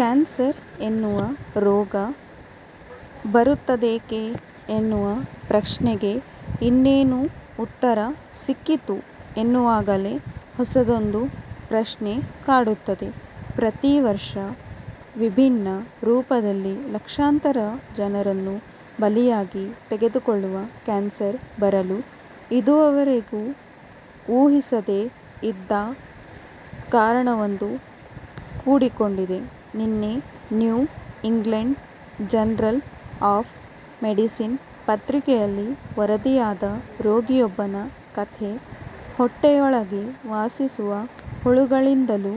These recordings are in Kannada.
ಕ್ಯಾನ್ಸರ್ ಎನ್ನುವ ರೋಗ ಬರುತ್ತದೇಕೆ ಎನ್ನುವ ಪ್ರಶ್ನೆಗೆ ಇನ್ನೇನು ಉತ್ತರ ಸಿಕ್ಕಿತು ಎನ್ನುವಾಗಲೇ ಹೊಸದೊಂದು ಪ್ರಶ್ನೆ ಕಾಡುತ್ತದೆ. ಪ್ರತಿ ವರ್ಷ ವಿಭಿನ್ನ ರೂಪದಲ್ಲಿ ಲಕ್ಷಾಂತರ ಜನರನ್ನು ಬಲಿ ತೆಗೆದುಕೊಳ್ಳುವ ಕ್ಯಾನ್ಸರ್ ಬರಲು ಇದುವರೆವಿಗೂ ಊಹಿಸದೇ ಇದ್ದ ಕಾರಣವೊಂದು ಕೂಡಿಕೊಂಡಿದೆ. ನಿನ್ನೆ New England Journal of Medicine ಪತ್ರಿಕೆಯಲ್ಲಿ ವರದಿಯಾದ ರೋಗಿಯೊಬ್ಬನ ಕಥೆ ಹೊಟ್ಟೆಯೊಳಗೆ ವಾಸಿಸುವ ಹುಳುಗಳಿಂದಲೂ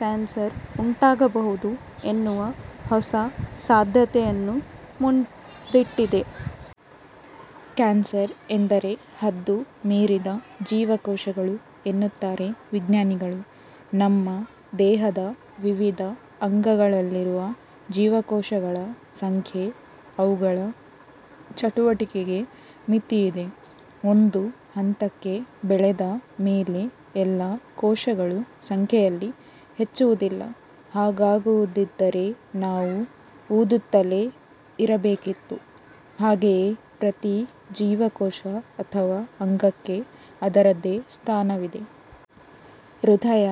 ಕ್ಯಾನ್ಸರ್ ಉಂಟಾಗಬಹುದು ಎನ್ನುವ ಹೊಸ ಸಾಧ್ಯತೆಯನ್ನು ಮುಂದಿಟ್ಟಿದೆ. ಕ್ಯಾನ್ಸರ್ ಎಂದರೆ ಹದ್ದು ಮೀರಿದ ಜೀವಕೋಶಗಳು ಎನ್ನುತ್ತಾರೆ ವಿಜ್ಞಾನಿಗಳು. ನಮ್ಮ ದೇಹದ ವಿವಿಧ ಅಂಗಗಳಲ್ಲಿರುವ ಜೀವಕೋಶಗಳ ಸಂಖ್ಯೆ, ಅವುಗಳ ಚಟುವಟಿಕೆಗೆ ಮಿತಿಯಿದೆ. ಒಂದು ಹಂತಕ್ಕೆ ಬೆಳೆದ ಮೇಲೆ ಎಲ್ಲ ಕೋಶಗಳೂ ಸಂಖ್ಯೆಯಲ್ಲಿ ಹೆಚ್ಚುವುದಿಲ್ಲ. ಹಾಗಾಗುವುದಿದ್ದರೆ ನಾವು ಊದುತ್ತಲೇ ಇರಬೇಕಿತ್ತು. ಹಾಗೆಯೇ ಪ್ರತಿ ಜೀವಕೋಶ ಅಥವಾ ಅಂಗಕ್ಕೆ ಅದರದ್ದೇ ಸ್ಥಾನವಿದೆ. ಹೃದಯ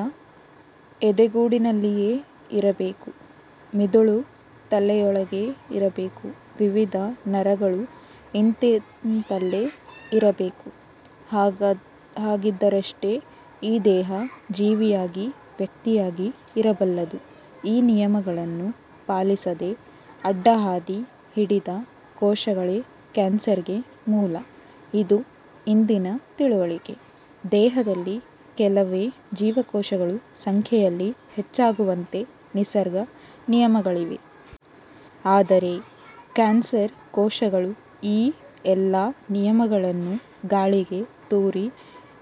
ಎದೆಗೂಡಿನಲ್ಲಿಯೇ ಇರಬೇಕು. ಮಿದುಳು ತಲೆಯೊಳಗೇ ಇರಬೇಕು. ವಿವಿಧ ನರಗಳು ಇಂತಿಂತಲ್ಲೇ ಇರಬೇಕು. ಹಾಗಿದ್ದರಷ್ಟೆ ಈ ದೇಹ ಜೀವಿಯಾಗಿ, ವ್ಯಕ್ತಿಯಾಗಿ ಇರಬಲ್ಲುದು. ಈ ನಿಯಮಗಳನ್ನು ಪಾಲಿಸದೆ ಅಡ್ಡಹಾದಿ ಹಿಡಿದ ಕೋಶಗಳೇ ಕ್ಯಾನ್ಸರ್ ಗೆ ಮೂಲ. ಇದು ಇಂದಿನ ತಿಳುವಳಿಕೆ. ದೇಹದಲ್ಲಿ ಕೆಲವೇ ಜೀವಕೋಶಗಳು ಸಂಖ್ಯೆಯಲ್ಲಿ ಹೆಚ್ಚಾಗುವಂತೆ ನಿಸರ್ಗ ನಿಯಮಗಳಿವೆ. ಆದರೆ ಕ್ಯಾನ್ಸರ್ ಕೋಶಗಳು ಈ ಎಲ್ಲ ನಿಯಮಗಳನ್ನೂ ಗಾಳಿಗೆ ತೂರಿ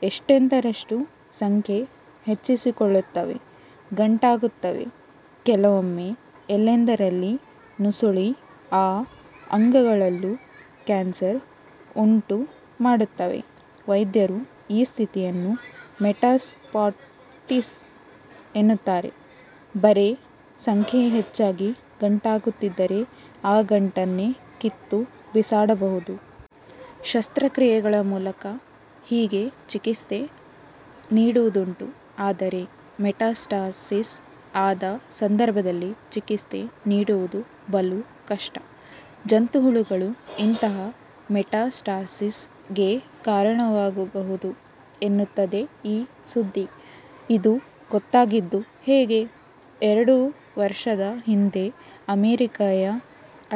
ಎಷ್ಟೆಂದರಷ್ಟು ಸಂಖ್ಯೆ ಹೆಚ್ಚಿಸಿಕೊಳ್ಳುತ್ತವೆ, ಗಂಟಾಗುತ್ತವೆ. ಕೆಲವೊಮ್ಮೆ ಎಲ್ಲೆಂದರಲ್ಲಿ ನುಸುಳಿ ಆ ಅಂಗಗಳಲ್ಲೂ ಕ್ಯಾನ್ಸರ್ ಉಂಟು ಮಾಡುತ್ತವೆ. ವೈದ್ಯರು ಈ ಸ್ಥಿತಿಯನ್ನು ಮೆಟಾಸ್ಟಾಸಿಸ್ ಎನ್ನುತ್ತಾರೆ. ಬರೇ ಸಂಖ್ಯೆ ಹೆಚ್ಚಾಗಿ ಗಂಟಾಗುತ್ತಿದ್ದರೆ, ಆ ಗಂಟನ್ನೇ ಕಿತ್ತು ಬಿಸಾಡಬಹುದು. ಶಸ್ತ್ರಕ್ರಿಯೆಗಳ ಮೂಲಕ ಹೀಗೆ ಚಿಕಿತ್ಸೆ ನೀಡುವುದುಂಟು. ಆದರೆ ಮೆಟಾಸ್ಟಾಸಿಸ್ ಆದ ಸಂದರ್ಭದಲ್ಲಿ ಚಿಕಿತ್ಸೆ ನೀಡುವುದು ಬಲು ಕಷ್ಟ. ಜಂತುಹುಳುಗಳೂ ಇಂತಹ ಮೆಟಾಸ್ಟಾಸಿಸ್ ಗೆ ಕಾರಣವಾಗಬಹುದು ಎನ್ನುತ್ತದೆ ಈ ಸುದ್ದಿ. ಇದು ಗೊತ್ತಾಗಿದ್ದು ಹೀಗೆ. ಎರಡು ವರ್ಷದ ಹಿಂದೆ, ಅಮೆರಿಕೆಯ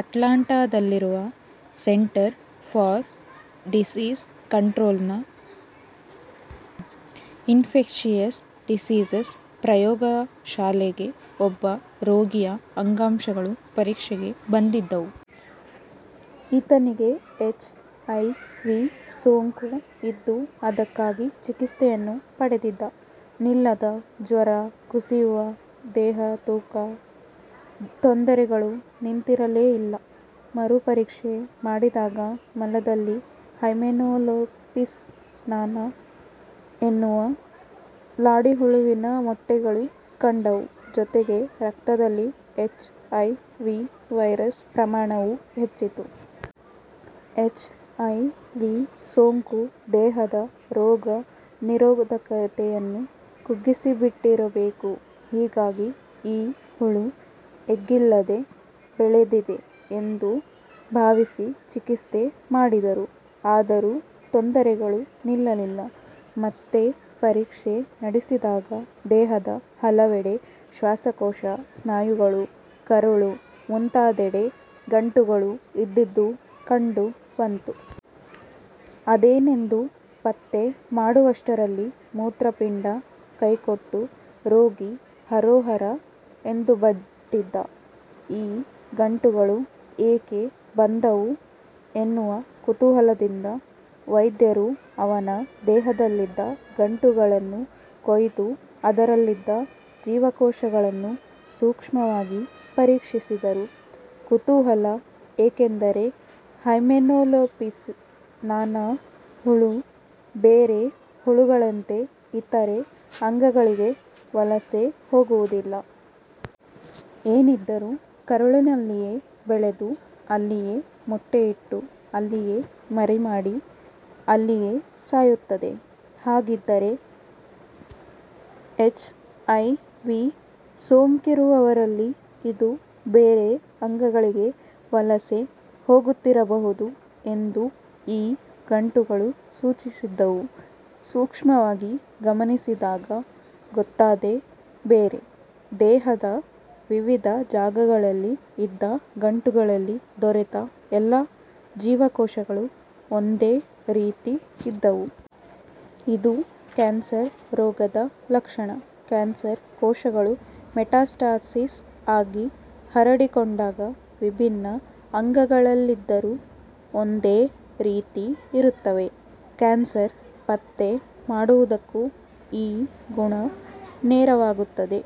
ಅಟ್ಲಾಂಟಾದಲ್ಲಿರುವ ಸೆಂಟರ್ ಫಾರ್ ಡಿಸೀಸ್ ಕಂಟ್ರೋಲ್ ನ ಇನ್ಫೆಕ್ಶಿಯಸ್ ಡಿಸೀಸಸ್ ಪ್ರಯೋಗಶಾಲೆಗೆ ಒಬ್ಬ ರೋಗಿಯ ಅಂಗಾಂಶಗಳು ಪರೀಕ್ಷೆಗೆ ಬಂದಿದ್ದುವು. ಈತನಿಗೆ ಎಚ್ ಐ ವಿ. ಸೋಂಕು ಇದ್ದು ಅದಕ್ಕಾಗಿ ಚಿಕಿತ್ಸೆಯನ್ನೂ ಪಡೆದಿದ್ದ. ನಿಲ್ಲದ ಜ್ವರ, ಕುಸಿಯುವ ದೇಹತೂಕದ ತೊಂದರೆಗಳು ನಿಂತಿರಲೇ ಇಲ್ಲ. ಮರು ಪರೀಕ್ಷೆ ಮಾಡಿದಾಗ ಮಲದಲ್ಲಿ ಹೈಮೆನೋಲೆಪಿಸ್ ನಾನಾ ಎನ್ನುವ ಲಾಡಿಹುಳುವಿನ ಮೊಟ್ಟೆಗಳು ಕಂಡುವು. ಜೊತೆಗೆ ರಕ್ತದಲ್ಲಿ ಎಚ್ ಐ ವಿ. ವೈರಸ್ ಪ್ರಮಾಣವೂ ಹೆಚ್ಚಿತ್ತು. H I V. ಸೋಂಕು ದೇಹದ ರೋಗ ನಿರೋಧಕತೆಯನ್ನು ಕುಗ್ಗಿಸಿಬಿಟ್ಟಿರಬೇಕು. ಹೀಗಾಗಿ ಈ ಹುಳು ಎಗ್ಗಿಲ್ಲದೆ ಬೆಳೆದಿದೆ ಎಂದು ಭಾವಿಸಿ ಚಿಕಿತ್ಸೆ ನೀಡಿದರು. ಆದರೂ ತೊಂದರೆಗಳು ನಿಲ್ಲಲಿಲ್ಲ. ಮತ್ತೆ ಪರೀಕ್ಷೆ ನಡೆಸಿದಾಗ ದೇಹದ ಹಲವೆಡೆ, ಶ್ವಾಸಕೋಶ, ಸ್ನಾಯುಗಳು, ಕರುಳು ಮುಂತಾದೆಡೆ ಗಂಟುಗಳು ಇದ್ದುದು ಕಂಡು ಬಂತು. ಅದೇನೆಂದು ಪತ್ತೆ ಮಾಡುವಷ್ಟರಲ್ಲಿ ಮೂತ್ರಪಿಂಡ ಕೈಕೊಟ್ಟು ರೋಗಿ ಹರೋಹರ ಎಂದುಬಟ್ಟಿದ್ದ. ಈ ಗಂಟುಗಳು ಏಕೆ ಬಂದುವು ಎನ್ನುವ ಕುತೂಹಲದಿಂದ ವೈದ್ಯರು ಅವನ ದೇಹದಲ್ಲಿದ್ದ ಗಂಟುಗಳನ್ನು ಕೊಯ್ದು ಅದರಲ್ಲಿದ್ದ ಜೀವಕೋಶಗಳನ್ನು ಸೂಕ್ಷ್ಮವಾಗಿ ಪರೀಕ್ಷಿಸಿದರು. ಕುತೂಹಲ ಏಕೆಂದರೆ ಹೈಮೆನೊಲೆಪಿಸ್ ನಾನಾ ಹುಳು ಬೇರೆ ಹುಳುಗಳಂತೆ ಇತರೆ ಅಂಗಗಳಿಗೆ ವಲಸೆ ಹೋಗುವುದಿಲ್ಲ. ಏನಿದ್ದರೂ ಕರುಳಿನಲ್ಲಿಯೇ ಬೆಳೆದು, ಅಲ್ಲಿಯೇ ಮೊಟ್ಟೆಯಿಟ್ಟು, ಅಲ್ಲಿಯೇ ಮರಿ ಮಾಡಿ, ಅಲ್ಲಿಯೇ ಸಾಯುತ್ತದೆ. ಹಾಗಿದ್ದರೆ ಎಚ್ ಐ ವಿ ಸೋಂಕಿರುವವರಲ್ಲಿ ಇದು ಬೇರೆ ಅಂಗಗಳಿಗೆ ವಲಸೆ ಹೋಗುತ್ತಿರಬಹುದು ಎಂದು ಈ ಗಂಟುಗಳು ಸೂಚಿಸಿದ್ದವು. ಸೂಕ್ಷ್ಮವಾಗಿ ಗಮನಿಸಿದಾಗ ಗೊತ್ತಾದ್ದೇ ಬೇರೆ. ದೇಹದ ವಿವಿಧ ಜಾಗಗಳಲ್ಲಿ ಇದ್ದ ಗಂಟುಗಳಲ್ಲಿ ದೊರೆತ ಎಲ್ಲ ಜೀವಕೋಶಗಳೂ ಒಂದೇ ರೀತಿ ಇದ್ದುವು. ಇದು ಕ್ಯಾನ್ಸರ್ ರೋಗದ ಲಕ್ಷಣ. ಕ್ಯಾನ್ಸರ್ ಕೋಶಗಳು ಮೆಟಾಸ್ಟಾಸಿಸ್ ಆಗಿ ಹರಡಿಕೊಂಡಾಗ ವಿಭಿನ್ನ ಅಂಗಗಳಲ್ಲಿದ್ದರೂ ಒಂದೇ ರೀತಿ ಇರುತ್ತವೆ. ಕ್ಯಾನ್ಸರ್ ಪತ್ತೆ ಮಾಡುವುದಕ್ಕೂ ಈ ಗುಣ ನೆರವಾಗುತ್ತದೆ.